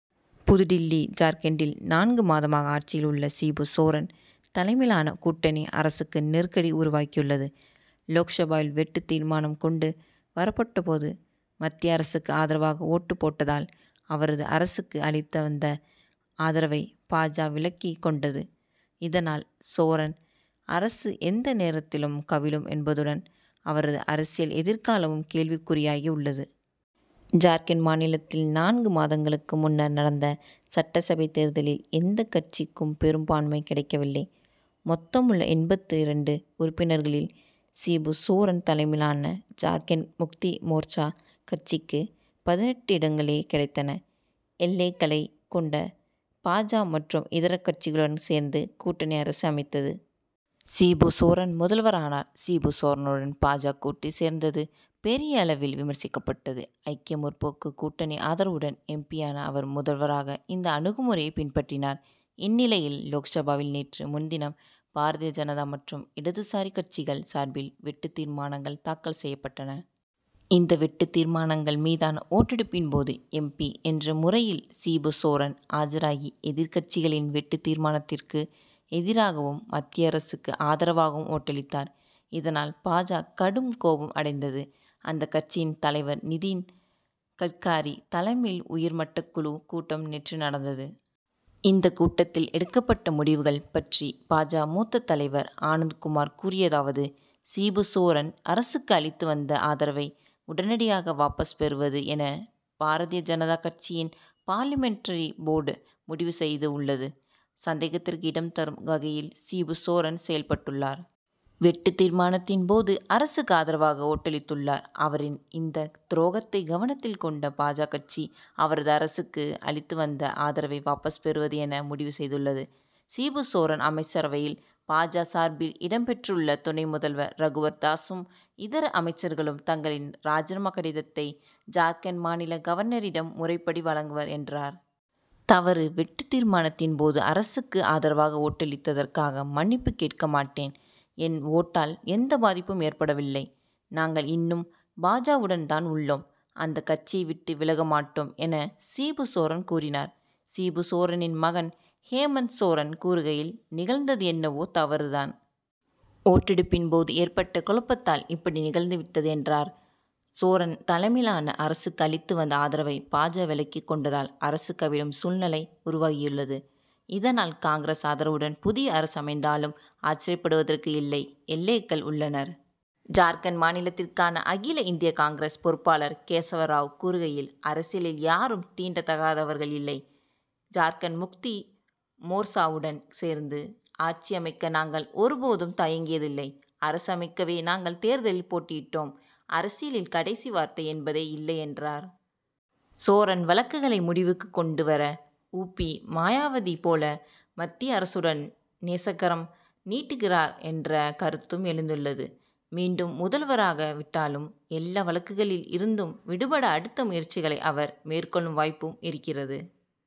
புதுடில்லி ஜார்க்கண்டில் நான்கு மாதமாக ஆட்சியில் உள்ள சிபு சோரன் தலைமையிலான கூட்டணி அரசுக்கு நெருக்கடி உருவாகியுள்ளது. லோக்சபாவில் வெட்டுத் தீர்மானம் கொண்டு வரப்பட்டபோது மத்திய அரசுக்கு ஆதரவாக ஓட்டுப் போட்டதால் அவரது அரசுக்கு அளித்து வந்த ஆதரவை பா. ஜ. விலக்கிக் கொண்டது. இதனால் சோரன் அரசு எந்த நேரத்திலும் கவிழும் என்பதுடன் அவரது அரசியல் எதிர்காலமும் கேள்விக்குறியாகி உள்ளது. ஜார்க்கண்ட் மாநிலத்தில் நான்கு மாதங்களுக்கு முன்னர் நடந்த சட்டசபைத் தேர்தலில் எந்தக் கட்சிக்கும் பெரும் பான்மை கிடைக்கவில்லை. மொத்தமுள்ள எண்பத்து இரண்டு உறுப்பினர்களில் சிபு சோரன் தலைமையிலான ஜார்க்கண்ட் முக்தி மோர்ச்சா கட்சிக்கு பதினெட்டு இடங்களே கிடைத்தன. எல். ஏ.க்களைக் கொண்ட பா. ஜ. மற்றும் இதர கட்சிகளுடன் சேர்ந்து கூட்டணி அரசு அமைத்தது. சிபு சோரன் முதல்வரானார். சிபு சோரனுடன் பா. ஜ. கூட்டு சேர்ந்தது பெரிய அளவில் விமர்சிக்கப்பட்டது. ஐக்கிய முற்போக்கு கூட்டணி ஆதரவுடன் எம். பி.யான அவர் முதல்வராக இந்த அணுகுமுறையைப் பின்பற்றினார். இந்நிலையில் லோக்சபாவில் நேற்று முன்தினம் பாரதிய ஜனதா மற்றும் இடதுசாரி கட்சிகள் சார்பில் வெட்டுத் தீர்மானங்கள் தாக்கல் செய்யப் பட்டன. இந்த வெட்டுத் தீர்மானங்கள் மீதான ஓட்டெடுப்பின் போது எம். பி. என்ற முறையில் சிபு சோரன் ஆஜராகி எதிர்க் கட்சிகளின் வெட்டுத் தீர்மானத்திற்கு எதிராகவும் மத்திய அரசுக்கு ஆதரவாகவும் ஓட்டளித்தார். இதனால் பா. ஜ. கடும் கோபம் அடைந்தது. அந்தக் கட்சியின் தலைவர் நிதின் கட்காரி தலைமையில் உயர் மட்டக் குழு கூட்டம் நேற்று நடந்தது. இந்தக் கூட்டத்தில் எடுக்கப்பட்ட முடிவுகள் பற்றி பா. ஜ. மூத்த தலைவர் ஆனந்த் குமார் கூறியதாவது சிபு சோரன் அரசுக்கு அளித்து வந்த ஆதரவை உடனடியாக வாபஸ் பெறுவது என பாரதிய ஜனதா கட்சியின் பார்லிமென்டரி போர்டு முடிவு செய்து உள்ளது. சந்தேகத்திற்கு இடம் தரும் வகையில் சிபு சோரன் செயல்பட்டுள்ளார். வெட்டுத் தீர்மானத்தின் போது அரசுக்கு ஆதரவாக ஓட்டளித்துள்ளார். அவரின் இந்தத் துரோகத்தை கவனத்தில் கொண்ட பா. ஜ. கட்சி அவரது அரசுக்கு அளித்து வந்த ஆதரவை வாபஸ் பெறுவது என முடிவு செய்துள்ளது. சிபு சோரன் அமைச்சரவையில் பா. ஜ. சார்பில் இடம் பெற்றுள்ள துணை முதல்வர் ரகுவர் தாசும் இதர அமைச்சர்களும் தங்களின் ராஜினாமா கடிதத்தை ஜார்க்கண்ட் மாநில கவர்னரிடம் முறைப்படி வழங்குவர் என்றார். தவறு வெட்டுத் தீர்மானத்தின் போது அரசுக்கு ஆதரவாக ஓட்டளித்ததற்காக மன்னிப்பு கேட்க மாட்டேன். என் ஓட்டால் எந்தப் பாதிப்பும் ஏற்படவில்லை. நாங்கள் இன்னும் பா. ஜ.வுடன் தான் உள்ளோம். அந்தக் கட்சியை விட்டு விலகமாட்டோம் என சிபு சோரன் கூறினார். சிபு சோரனின் மகன் ஹேமந்த் சோரன் கூறுகையில் நிகழ்ந்தது என்னவோ தவறு தான். ஓட்டெடுப்பின் போது ஏற்பட்ட குழப்பத்தால் இப்படி நிகழ்ந்து விட்டது என்றார். சோரன் தலைமையிலான அரசுக்கு அளித்து வந்த ஆதரவை பா. ஜ. விலக்கிக் கொண்டதால் அரசு கவிழும் சூழ்நிலை உருவாகியுள்ளது. இதனால் காங்கிரஸ் ஆதரவுடன் புதிய அரசு அமைந்தாலும் ஆச்சர்யப்படுவதற்கு இல்லை. எல். ஏ.க்கள் உள்ளனர். ஜார்க்கண்ட் மாநிலத்திற்கான அகில இந்திய காங்கிரஸ் பொறுப்பாளர் கேசவ ராவ் கூறுகையில் அரசியலில் யாரும் தீண்டத்தகாதவர்கள் இல்லை. ஜார்க்கண்ட் முக்தி மோர்ச்சாவுடன் சேர்ந்து ஆட்சி அமைக்க நாங்கள் ஒரு போதும் தயங்கியதில்லை. அரசு அமைக்கவே நாங்கள் தேர்தலில் போட்டியிட்டோம். அரசியலில் கடைசி வார்த்தை என்பதே இல்லை என்றார். சோரன் வழக்குகளை முடிவுக்கு கொண்டு வர உ. பி. மாயாவதி போல மத்திய அரசுடன் நேசக்கரம் நீட்டுகிறார் என்ற கருத்தும் எழுந்துள்ளது. மீண்டும் முதல்வராகா விட்டாலும் எல்லா வழக்குகளில் இருந்தும் விடுபட அடுத்த முயற்சிகளை அவர் மேற்கொள்ளும் வாய்ப்பும் இருக்கிறது.